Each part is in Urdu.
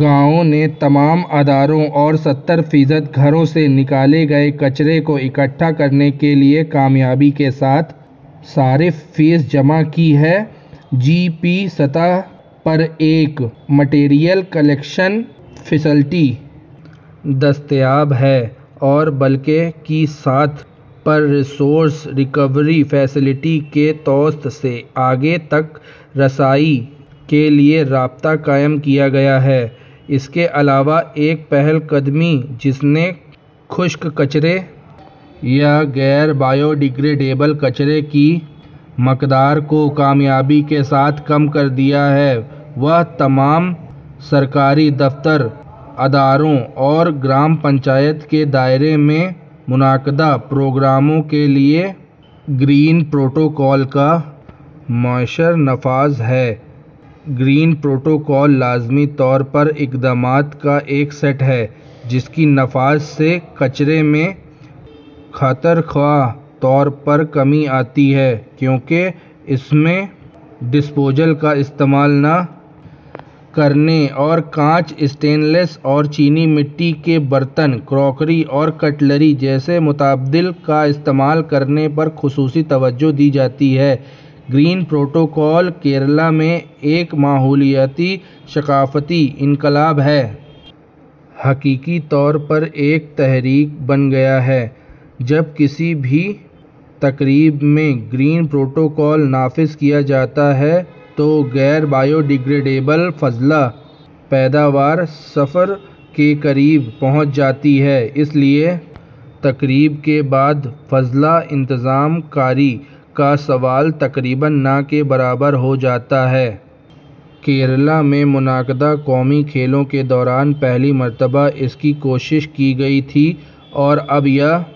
گاؤں نے تمام اداروں اور سَتر فیصد گھروں سے نکالے گئے کچرے کو اکٹھا کرنے کے لیے کامیابی کے ساتھ صارف فیس جمع کی ہے جی پی سطح پر ایک مٹیریل کلیکشن فیسلٹی دستیاب ہے اور بلاک کی سطح پر ریسورس ریکوری فیسلٹی کے توسط سے آگے تک رسائی کے لیے رابطہ قائم کیا گیا ہے اس کے علاوہ ایک پہل قدمی جس نے خشک کچرے یا غیر بایو ڈیگریڈیبل کچرے کی مقدار کو کامیابی کے ساتھ کم کر دیا ہے وہ تمام سرکاری دفاتر اداروں اور گرام پنچایت کے دائرے میں منعقدہ پروگراموں کے لیے گرین پروٹوکول کا مؤثر نفاذ ہے گرین پروٹوکول لازمی طور پر اقدامات کا ایک سیٹ ہے جس کے نفاذ سے کچرے میں خاطر خواہ طور پر کمی آتی ہے کیونکہ اس میں ڈسپوزل کا استعمال نہ کرنے اور کانچ اسٹین لیس اور چینی مٹی کے برتن کراکری اور کٹلری جیسے متبادل کا استعمال کرنے پر خصوصی توجہ دی جاتی ہے گرین پروٹوکول کیرالا میں ایک ماحولیاتی ثقافتی انقلاب ہے حقیقی طور پر ایک تحریک بن گیا ہے جب کسی بھی تقریب میں گرین پروٹوکول نافذ کیا جاتا ہے تو غیر بایو ڈیگریڈیبل فضلہ پیداوار صفر کے قریب پہنچ جاتی ہے اس لیے تقریب کے بعد فضلہ انتظام کاری کا سوال تقریباً نہ کے برابر ہو جاتا ہے کیرالا میں منعقدہ قومی کھیلوں کے دوران پہلی مرتبہ اس کی کوشش کی گئی تھی اور اب یہ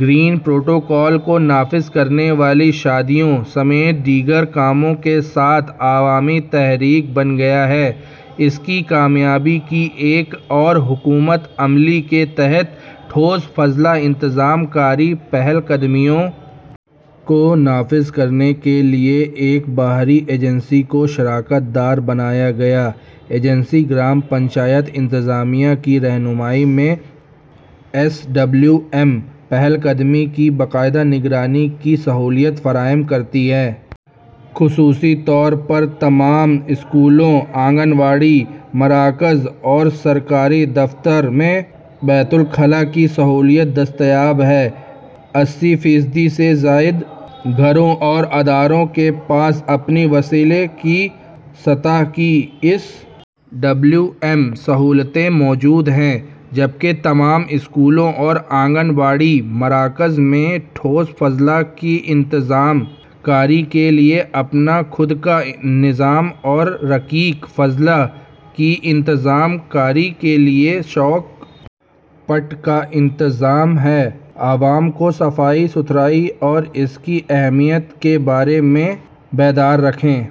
گرین پروٹوکول کو نافذ کرنے والی شادیوں سمیت دیگر کاموں کے ساتھ عوامی تحریک بن گیا ہے اس کی کامیابی کی ایک اور حکمت عملی کے تحت ٹھوس فضلہ انتظام کاری پہل قدمیوں کو نافذ کرنے کے لیے ایک باہری ایجنسی کو شراکت دار بنایا گیا ایجنسی گرام پنچایت انتظامیہ کی رہنمائی میں ایس ڈبلیو ایم پہل قدمی کی باقاعدہ نگرانی کی سہولت فراہم کرتی ہے خصوصی طور پر تمام اسکولوں آنگن واڑی مراکز اور سرکاری دفاتر میں بیت الخلا کی سہولت دستیاب ہے اسی فیصد سے زائد گھروں اور اداروں کے پاس اپنی وسیلے کی سطح کی ایس ڈبلیو ایم سہولتیں موجود ہیں جبکہ تمام اسکولوں اور آنگن واڑی مراکز میں ٹھوس فضلہ کی انتظام کاری کے لیے اپنا خود کا نظام اور رقیق فضلے کی انتظام کاری کے لیے سوک پٹ کا انتظام ہے عوام کو صفائی ستھرائی اور اس کی اہمیت کے بارے میں بیدار رکھنے